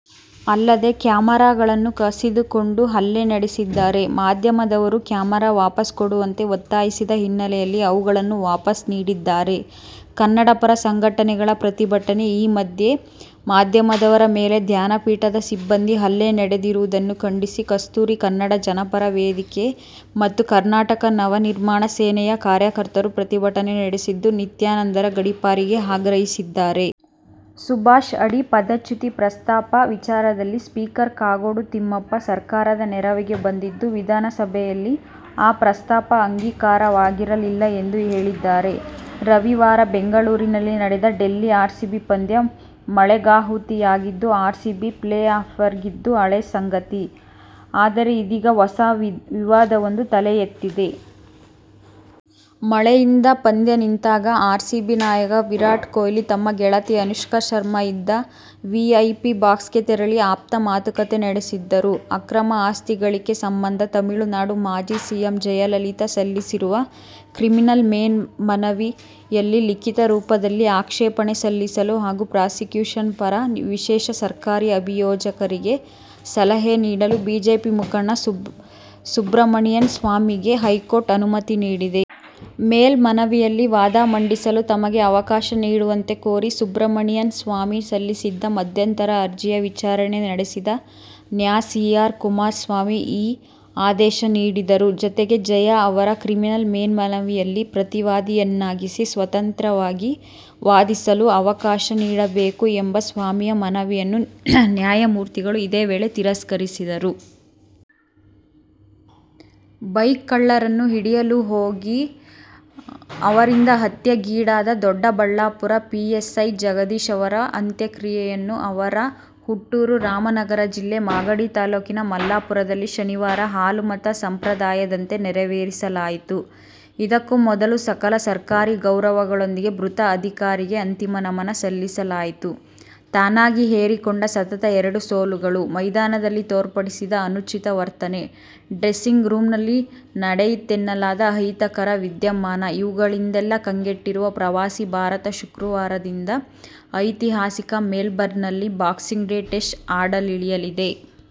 ಅಲ್ಲದೇ ಕ್ಯಾಮರಾಗಳನ್ನು ಕಸಿದುಕೊಂಡು ಹಲ್ಲೆ ನಡೆಸಿದ್ದಾರೆ. ಮಾಧ್ಯಮದವರು ಕ್ಯಾಮರಾ ವಾಪಸ್ ಕೊಡುವಂತೆ ಒತ್ತಾಯಿಸಿದ ಹಿನ್ನೆಲೆಯಲ್ಲಿ ಅವುಗಳನ್ನು ವಾಪಸ್ ನೀಡಿದ್ದಾರೆ. ಕನ್ನಡ ಪರ ಸಂಘಟನೆಗಳ ಪ್ರತಿಭಟನೆ:ಈ ಮಧ್ಯೆ, ಮಾಧ್ಯಮದವರ ಮೇಲೆ ಧ್ಯಾನಪೀಠದ ಸಿಬ್ಬಂದಿ ಹಲ್ಲೆ ನಡೆದಿರುವುದನ್ನು ಖಂಡಿಸಿ ಕಸ್ತೂರಿ ಕನ್ನಡ ಜನಪರ ವೇದಿಕೆ ಮತ್ತು ಕರ್ನಾಟಕ ನವನಿರ್ಮಾಣ ಸೇನೆಯ ಕಾರ್ಯಕರ್ತರು ಪ್ರತಿಭಟನೆ ನಡೆಸಿದ್ದು, ನಿತ್ಯಾನಂದರ ಗಡಿಪಾರಿಗೆ ಆಗ್ರಹಿಸಿದ್ದಾರೆ. ಸುಭಾಷ್ ಅಡಿ ಪದಚ್ಯುತಿ ಪ್ರಸ್ತಾಪ ವಿಚಾರದಲ್ಲಿ ಸ್ಪೀಕರ್ ಕಾಗೋಡು ತಿಮ್ಮಪ್ಪ ಸರ್ಕಾರದ ನೆರವಿಗೆ ಬಂದಿದ್ದು, ವಿಧಾನಸಭೆಯಲ್ಲಿ ಆ ಪ್ರಸ್ತಾಪ ಅಂಗೀಕಾರವಾಗಿರಲಿಲ್ಲ ಎಂದು ಹೇಳಿದ್ದಾರೆ. ರವಿವಾರ ಬೆಂಗಳೂರಿನಲ್ಲಿ ನಡೆದ ಡೆಲ್ಲಿ-ಆರ್ಸಿಬಿ ಪಂದ್ಯ ಮಳೆಗಾಹುತಿಯಾಗಿದ್ದು, ಆರ್ಸಿಬಿ ಪ್ಲೇಆಫ್ಗೇರಿದ್ದು ಹಳೇ ಸಂಗತಿ. ಆದರೆ ಇದೀಗ ಹೊಸ ವಿವಾದವೊಂದು ತಲೆ ಎತ್ತಿದೆ. ಮಳೆಯಿಂದ ಪಂದ್ಯ ನಿಂತಾಗ ಆರ್ಸಿಬಿ ನಾಯಕ ವಿರಾಟ್ ಕೊಹ್ಲಿ ತಮ್ಮ ಗೆಳತಿ ಅನುಷ್ಕಾ ಶರ್ಮಾ ಇದ್ದ ವಿಐಪಿ ಬಾಕ್ಸ್ಗೆ ತೆರಳಿ ಆಪ್ತ ಮಾತುಕತೆ ನಡೆಸಿದ್ದರು. ಅಕ್ರಮ ಆಸ್ತಿ ಗಳಿಕೆ ಸಂಬಂಧ ತಮಿಳುನಾಡು ಮಾಜಿ ಸಿಎಂ ಜಯಲಲಿತಾ ಸಲ್ಲಿಸಿರುವ ಕ್ರಿಮಿನಲ್ ಮೇಲ್ಮನವಿಯಲ್ಲಿ ಲಿಖೀತ ರೂಪದಲ್ಲಿ ಆಕ್ಷೇಪಣೆ ಸಲ್ಲಿಸಲು ಹಾಗೂ ಪ್ರಾಸಿಕ್ಯೂಷನ್ ಪರ ವಿಶೇಷ ಸರ್ಕಾರಿ ಅಭಿಯೋಜಕರಿಗೆ ಸಲಹೆ ನೀಡಲು ಬಿಜೆಪಿ ಮುಖಂಡ ಸುಬ್ರಮಣಿಯನ್ ಸ್ವಾಮಿಗೆ ಹೈಕೋರ್ಟ್ ಅನುಮತಿ ನೀಡಿದೆ. ಮೇಲ್ಮನವಿಯಲ್ಲಿ ವಾದ ಮಂಡಿಸಲು ತಮಗೆ ಅವಕಾಶ ನೀಡುವಂತೆ ಕೋರಿ ಸುಬ್ರಮಣಿಯನ್ ಸ್ವಾಮಿ ಸಲ್ಲಿಸಿದ್ದ ಮಧ್ಯಂತರ ಅರ್ಜಿಯ ವಿಚಾರಣೆ ನಡೆಸಿದ ನ್ಯಾ. ಸಿ. ಆರ್. ಕುಮಾರ್ ಸ್ವಾಮಿ ಈ ಆದೇಶ ನೀಡಿದರು. ಜತೆಗೆ, ಜಯಾ ಅವರ ಕ್ರಿಮಿನಲ್ ಮೇಲ್ಮನವಿಯಲ್ಲಿ ಪ್ರತಿವಾದಿಯನ್ನಾಗಿಸಿ ಸ್ವತಂತ್ರ್ಯವಾಗಿ ವಾದಿಸಲು ಅವಕಾಶ ನೀಡಬೇಕು ಎಂಬ ಸ್ವಾಮಿಯ ಮನವಿಯನ್ನು ನ್ಯಾಯಮೂರ್ತಿಗಳು ಇದೇ ವೇಳೆ ತಿರಸ್ಕರಿಸಿದರು. ಬೈಕ್ ಕಳ್ಳರನ್ನು ಹಿಡಿಯಲು ಹೋಗಿ ಅವರಿಂದ ಹತ್ಯೆಗೀಡಾದ ದೊಡ್ಡಬಳ್ಳಾಪುರ ಪಿಎಸ್ಐ ಜಗದೀಶ್ ಅವರ ಅಂತ್ಯಕ್ರಿಯೆಯನ್ನು ಅವರ ಹುಟ್ಟೂರು ರಾಮನಗರ ಜಿಲ್ಲೆ ಮಾಗಡಿ ತಾಲೂಕಿನ ಮಲ್ಲಾಪುರದಲ್ಲಿ ಶನಿವಾರ ಹಾಲುಮತ ಸಂಪ್ರದಾಯದಂತೆ ನೆರವೇರಿಸಲಾಯಿತು. ಇದಕ್ಕೂ ಮೊದಲು ಸಕಲ ಸರ್ಕಾರಿ ಗೌರವಗಳೊಂದಿಗೆ ಮೃತ ಅಧಿಕಾರಿಗೆ ಅಂತಿಮ ನಮನ ಸಲ್ಲಿಸಲಾಯಿತು. ತಾನಾಗಿ ಹೇರಿಕೊಂಡ ಸತತ ಎರಡು ಸೋಲುಗಳು, ಮೈದಾನದಲ್ಲಿ ತೋರ್ಪಡಿಸಿದ ಅನುಚಿತ ವರ್ತನೆ, ಡ್ರೆಸ್ಸಿಂಗ್ ರೂಮ್ನಲ್ಲಿ ನಡೆಯಿತೆನ್ನಲಾದ ಅಹಿತಕರ ವಿದ್ಯಮಾನಇವುಗಳಿಂದೆಲ್ಲ ಕಂಗೆಟ್ಟಿರುವ ಪ್ರವಾಸಿ ಭಾರತ ಶುಕ್ರವಾರದಿಂದ ಐತಿಹಾಸಿಕ ಮೆಲ್ಬರ್ನ್ನಲ್ಲಿ "ಬಾಕ್ಸಿಂಗ್ ಡೇ' ಟೆಸ್ಟ್ ಆಡಲಿಳಿಯಲಿದೆ.